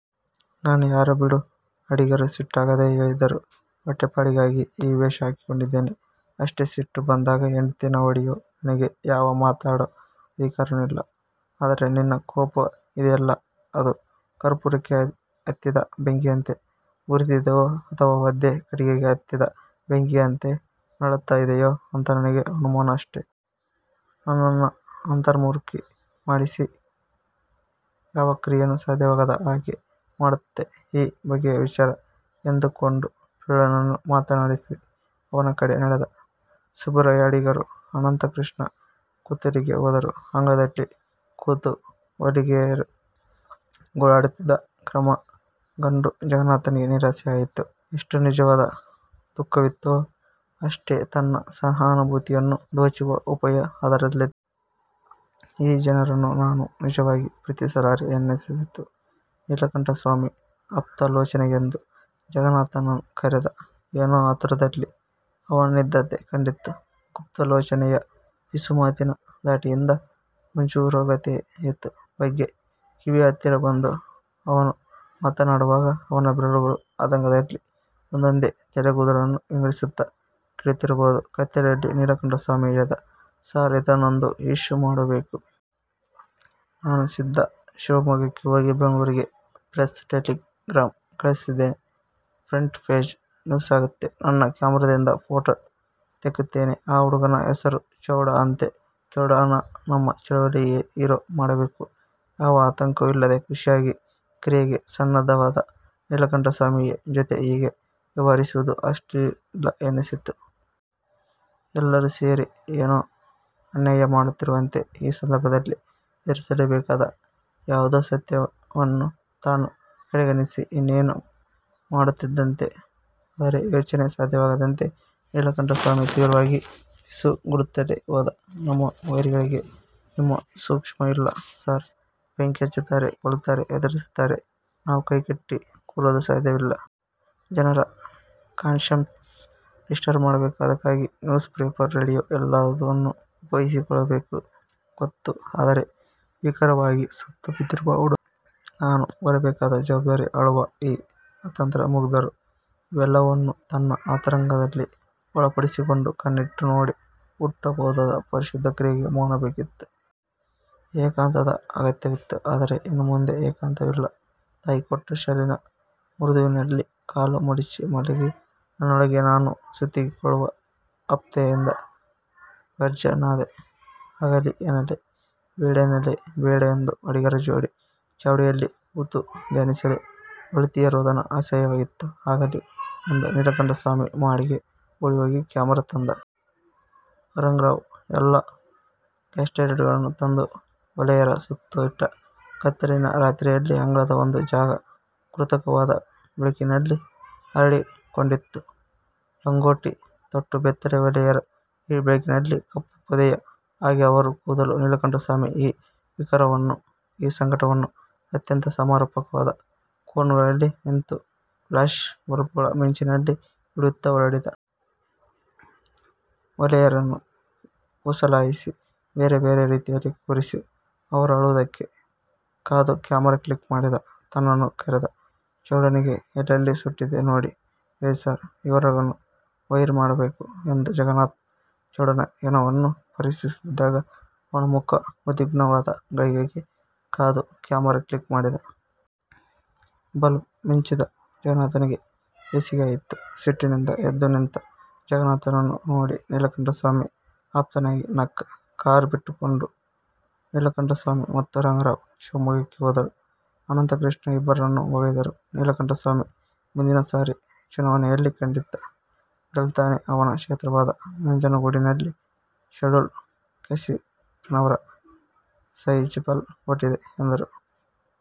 ನಾನು ಯಾರು ಬಿಡು' ಅಡಿಗರು ಸಿಟ್ಟಾಗದೆ ಹೇಳಿದರು: 'ಹೊಟ್ಟೆಪಾಡಿಗಾಗಿ ಈ ವೇಷ ಹಾಕ್ಕೊಂಡಿದೇನೆ-ಅಷ್ಟೇ. ಸಿಟ್ಟು ಬಂದಾಗ ಹೆಂಡ್ತೀನ ಹೊಡೆಯೋ ನನಗೆ ಯಾವ ಮಾತಾಡೋ ಅಧಿಕಾರನೂ ಇಲ್ಲ. ಆದರೆ ನಿನ್ನ ಕೋಪ ಇದೆಯಲ್ಲ ಅದು ಕರ್ಪೂರಕ್ಕೆ ಹತ್ತಿದ ಬೆಂಕಿಯಂತೆ ಉರೀತಿದೆಯೋ, ಅಥವಾ ಒದ್ದೆ ಕಟ್ಟಿಗೆಗೆ ಹತ್ತಿದ ಬೆಂಕಿಯಂತೆ ನರಳ್ತ ಇದೆಯೋ ಅಂತ ನನಗೆ ಅನುಮಾನ-ಅಷ್ಟೆ'. ನನ್ನನ್ನ ಅಂತರ್ಮುಖಿ ಮಾಡಿಸಿ ಯಾವ ಕ್ರಿಯೇನೂ ಸಾಧ್ಯವಾಗದ ಹಾಗೆ ಮಾಡತ್ತೆ ಈ ಬಗೆಯ ವಿಚಾರ ಎಂದುಕೊಂಡು ಪಿಳ್ಳನನ್ನು ಮಾತಾಡಿಸಲು ಅವನ ಕಡೆ ನಡೆದ. ಸುಬ್ರಾಯ ಅಡಿಗರು ಅನಂತಕೃಷ್ಣ ಕೂತಲ್ಲಿಗೆ ಹೋದರು. ಅಂಗಳದಲ್ಲಿ ಕೂತು ಹೊಲೆಯರು ಗೋಳಿಡುತ್ತಿದ್ದ ಕ್ರಮ ಕಂಡು ಜಗನ್ನಾಥನಿಗೆ ನಿರಾಸೆಯಾಯಿತು. ಎಷ್ಟು ನಿಜವಾದ ದುಃಖವಿತ್ತೊ ಅಷ್ಟೇ ತನ್ನ ಸಹಾನುಭೂತಿಯನ್ನು ದೋಚುವ ಉಪಾಯ ಅದರಲ್ಲಿತ್ತು. ಈ ಜನರನ್ನು ನಾನು ನಿಜವಾಗಿ ಪ್ರೀತಿಸಲಾರೆ-ಎನ್ನಿಸಿತು. ನೀಲಕಂಠಸ್ವಾಮಿ ಆಪ್ತಾಲೋಚನೆಗೆಂದು ಜಗನ್ನಾಥನನ್ನು ಕರೆದ. ಏನೋ ಆತುರದಲ್ಲಿ ಅವನಿದ್ದಂತೆ ಕಂಡಿತು. ಗುಪ್ತಾಲೋಚನೆಯ ಪಿಸುಮಾತಿನ ಧಾಟಿಯಿಂದ ಮುಜುಗರವಾಯಿತು. ಬಗ್ಗಿ ಕಿವಿಯ ಹತ್ತಿರ ಬಂದು ಅವನು ಮಾತಾಡುವಾಗ ಅವನ ಬೆರಳುಗಳು ಆತಂಕದಲ್ಲಿ ಒಂದೊಂದೇ ತಲೆಗೂದಲನ್ನು ವಿಂಗಡಿಸುತ್ತ ಕೀಳುತ್ತಿರಬಹುದು. ಕತ್ತಲೆಯಲ್ಲಿ ನೀಲಕಂಠಸ್ವಾಮಿ ಹೇಳಿದ: 'ಸಾರ್ ಇದನ್ನೊಂದು ಇಶ್ಯೂ ಮಾಡಬೇಕು. ನಾನು ಸೀದ ಶಿಮೊಗ್ಗಕ್ಕೆ ಹೋಗಿ ಬೆಂಗಳೂರಿಗೆ ಪ್ರೆಸ್ ಟೆಲಿಗ್ರಾಂ ಕಳಿಸ್ತೇನೆ. ಫ್ರಂಟ್ ಪೇಜ್ ನ್ಯೂಸಾಗತ್ತೆ. ನನ್ನ ಕ್ಯಾಮರಾದಿಂದ ಫೋಟೋ ತೆಕ್ಕೋತೇನೆ-ಆ ಹುಡುಗನ ಹೆಸರು ಚೌಡ ಅಂತೆ. ಚೌಡನ್ನ ನಮ್ಮ ಚಳುವಳಿಯ ಹೀರೋ ಮಾಡಬೇಕು'. ಯಾವ ಆತಂಕವೂ ಇಲ್ಲದೆ ಖುಷಿಯಾಗಿ ಕ್ರಿಯೆಗೆ ಸನ್ನದ್ಧನಾದ ನೀಲಕಂಠಸ್ವಾಮಿಯ ಜೊತೆ ಹೀಗೆ ವ್ಯವಹರಿಸುವುದು ಅಶ್ಲೀಲ ಎನ್ನಿಸಿತು. ಎಲ್ಲರೂ ಸೇರಿ ಏನೋ ಅನ್ಯಾಯ ಮಾಡುತ್ತಿರುವಂತೆ; ಈ ಸಂದರ್ಭದಲ್ಲಿ ಎದುರಿಸಲೇ ಬೇಕಾದ ಯಾವುದೋ ಸತ್ಯವನ್ನು ತಾನು ಕಡೆಗಣಿಸಿ ಇನ್ನೇನೋ ಮಾಡುತ್ತಿದ್ದಂತೆ. ಆದರೆ ಯೋಚನೆ ಸಾಧ್ಯವಾಗದಂತೆ ನೀಲಕಂಠಸ್ವಾಮಿ ತೀವ್ರವಾಗಿ ಪಿಸುಗುಡುತ್ತಲೇ ಹೋದ: 'ನಮ್ಮ ವೈರಿಗಳಿಗೆ ನಿಮ್ಮ ಸೂಕ್ಷ್ಮ ಇಲ್ಲ ಸಾರ್. ಬೆಂಕಿ ಹಚ್ತಾರೆ. ಕೊಲ್ತಾರೆ. ಹೆದರಿಸ್ತಾರೆ. ನಾವು ಕೈಕಟ್ಟಿ ಕೂರೋದು ಸಾಧ್ಯವಿಲ್ಲ. ಜನರ ಕಾನ್ಶನ್ಸ್ನ ಡಿಸ್ಟರ್ಬ್ಮಾಡ್ಬೇಕು. ಅದಕ್ಕಾಗಿ ನ್ಯೂಸ್ ಪೇಪರ್ರು, ರೇಡಿಯೋ ಎಲ್ಲವದನ್ನೂ ಉಪಯೋಗಿಸ್ಕೋಬೇಕು'. ಗೊತ್ತು. ಆದರೆ ವಿಕಾರವಾಗಿ ಸತ್ತು ಬಿದ್ದಿರುವ ಹುಡುಗ ನಾನು ಹೊರಬೇಕಾದ ಜವಾಬ್ದಾರಿ ಅಳುವ ಈ ಅತಂತ್ರ ಮುಗ್ಧರು? ಇವೆಲ್ಲವನ್ನೂ ತನ್ನ ಅಂತರಂಗದಲ್ಲಿ ಒಳಪಡಿಸಿಕೊಂಡು ಕಣ್ಣಿಟ್ಟು ನೋಡಿ ಹುಟ್ಟಬಹುದಾದ ಪರಿಶುದ್ಧ ಕ್ರಿಯೆಗೆ ಮೌನ ಬೇಕಿತ್ತು. ಏಕಾಂತದ ಅಗತ್ಯವಿತ್ತು. ಆದರೆ ಇನ್ನುಮುಂದೆ ಏಕಾಂತವಿಲ್ಲ. ತಾಯಿ ಕೊಟ್ಟ ಶಾಲಿನ ಮೃದುವಿನಲ್ಲಿ ಕಾಲುಮಡಚಿ ಮಲಗಿ ನನ್ನೊಳಗೇ ನಾನು ಸುತ್ತಿಕೊಳ್ಳುವ ಆಪ್ತತೆಯಿಂದ ವರ್ಜ್ಯನಾದೆ. ಆಗಲಿ ಎನ್ನಲೆ, ಬೇಡ ಎನ್ನಲೆ, ಬೇಡ ಎಂದು ಅಡಿಗರ ಜೋಡಿ ಚಾವಡಿಯಲ್ಲಿ ಕೂತು ಧ್ಯಾನಿಸಲೆ ಹೊಲತಿಯ ರೋದನ ಅಸಹ್ಯವಾಗಿತ್ತು. 'ಆಗಲಿ' ಎಂದ. ನೀಲಕಂಠಸ್ವಾಮಿ ಮಹಡಿಗೆ ಓಡಿಹೋಗಿ ಕ್ಯಾಮರಾ ತಂದ. ರಂಗರಾವ್ ಎಲ್ಲ ಗ್ಯಾಸ್ಲೈಟ್ಗಳನ್ನೂ ತಂದು ಹೊಲೆಯರ ಸುತ್ತ ಇಟ್ಟ. ಕತ್ತಲಿನ ರಾತ್ರೆಯಲ್ಲಿ ಅಂಗಳದ ಒಂದು ಜಾಗ ಕೃತಕವಾದ ಬೆಳಕಿನಲ್ಲಿ ಅರಳಿಕೊಂಡಿತು. ಲಂಗೋಟಿ ತೊಟ್ಟ ಬೆತ್ತಲೆ ಹೊಲೆಯರು ಈ ಬೆಳಕಿನಲ್ಲಿ. ಕಪ್ಪು ಪೊದೆಗಳ ಹಾಗೆ ಅವರ ಕೂದಲು. ನೀಲಕಂಠಸ್ವಾಮಿ ಈ ವಿಕಾರವನ್ನು, ಈ ಸಂಕಟವನ್ನು ಅತ್ಯಂತ ಸಮರ್ಪಕವಾದ ಕೋನಗಳಲ್ಲಿ ನಿಂತು ಫ್ಯ್ಲಾಶ್ ಬಲ್ಬುಗಳ ಮಿಂಚಿನಲ್ಲಿ ಹಿಡಿಯುತ್ತ ಓಡಾಡಿದ. ಹೊಲೆಯರನ್ನು ಪುಸಲಾಯಿಸಿ ಬೇರೆ ಬೇರೆ ರೀತಿಯಲ್ಲಿ ಕೂರಿಸಿ, ಅವರು ಅಳುವುದಕ್ಕೆ ಕಾದು ಕ್ಯಾಮರಾ ಕ್ಲಿಕ್ ಮಾಡಿದ. ತನ್ನನ್ನು ಕರೆದ. 'ಚೌಡನಿಗೆ ಎಲ್ಲೆಲ್ಲಿ ಸುಟ್ಟಿದೆ ನೋಡಿ ಹೇಳಿ ಸಾರ್. ವಿವರಗಳನ್ನು ವೈರ್ ಮಾಡಬೇಕು' ಎಂದ. ಜಗನ್ನಾಥ ಚೌಡನ ಹೆಣವನ್ನು ಪರೀಕ್ಷಿಸುತ್ತಿದ್ದಾಗ ಅವನ ಮುಖ ಉದ್ವಿಗ್ನವಾದ ಘಳಿಗೆಗೆ ಕಾದು ಕ್ಯಾಮರಾ ಕ್ಲಿಕ್ ಮಾಡಿದ. ಬಲ್ಬು ಮಿಂಚಿದ್ದೆ ಜಗನ್ನಾಥನಿಗೆ ಹೇಸಿಗೆಯಾಯಿತು. ಸಿಟ್ಟಿನಿಂದ ಎದ್ದು ನಿಂತ ಜಗನ್ನಾಥನನ್ನು ನೋಡಿ ನೀಲಕಂಠಸ್ವಾಮಿ ಆಪ್ತನಾಗಿ ನಕ್ಕ. ಕಾರು ಬಿಟ್ಟುಕೊಂಡು ನೀಲಕಂಠಸ್ವಾಮಿ ಮತ್ತು ರಂಗರಾವ್ ಶಿವಮೊಗ್ಗಕ್ಕೆ ಹೋದರು, ಅನಂತಕೃಷ್ಣ ಇಬ್ಬರನ್ನೂ ಹೊಗಳಿದರು: 'ನೀಲಕಂಠಸ್ವಾಮಿ ಮುಂದಿನ ಸಾರಿ ಚುನಾವಣೇಲಿ ಖಂಡಿತ ಗೆಲ್ತಾನೆ. ಅವನ ಕ್ಷೇತ್ರವಾದ ನಂಜನಗೂಡಿನಲ್ಲಿ ಷೆಡ್ಯೂಲ್ಡ್ ಕ್ಯಾಸ್ಟಿನವರ ಸೈಝಬಲ್ ಓಟಿದೆ' ಎಂದರು.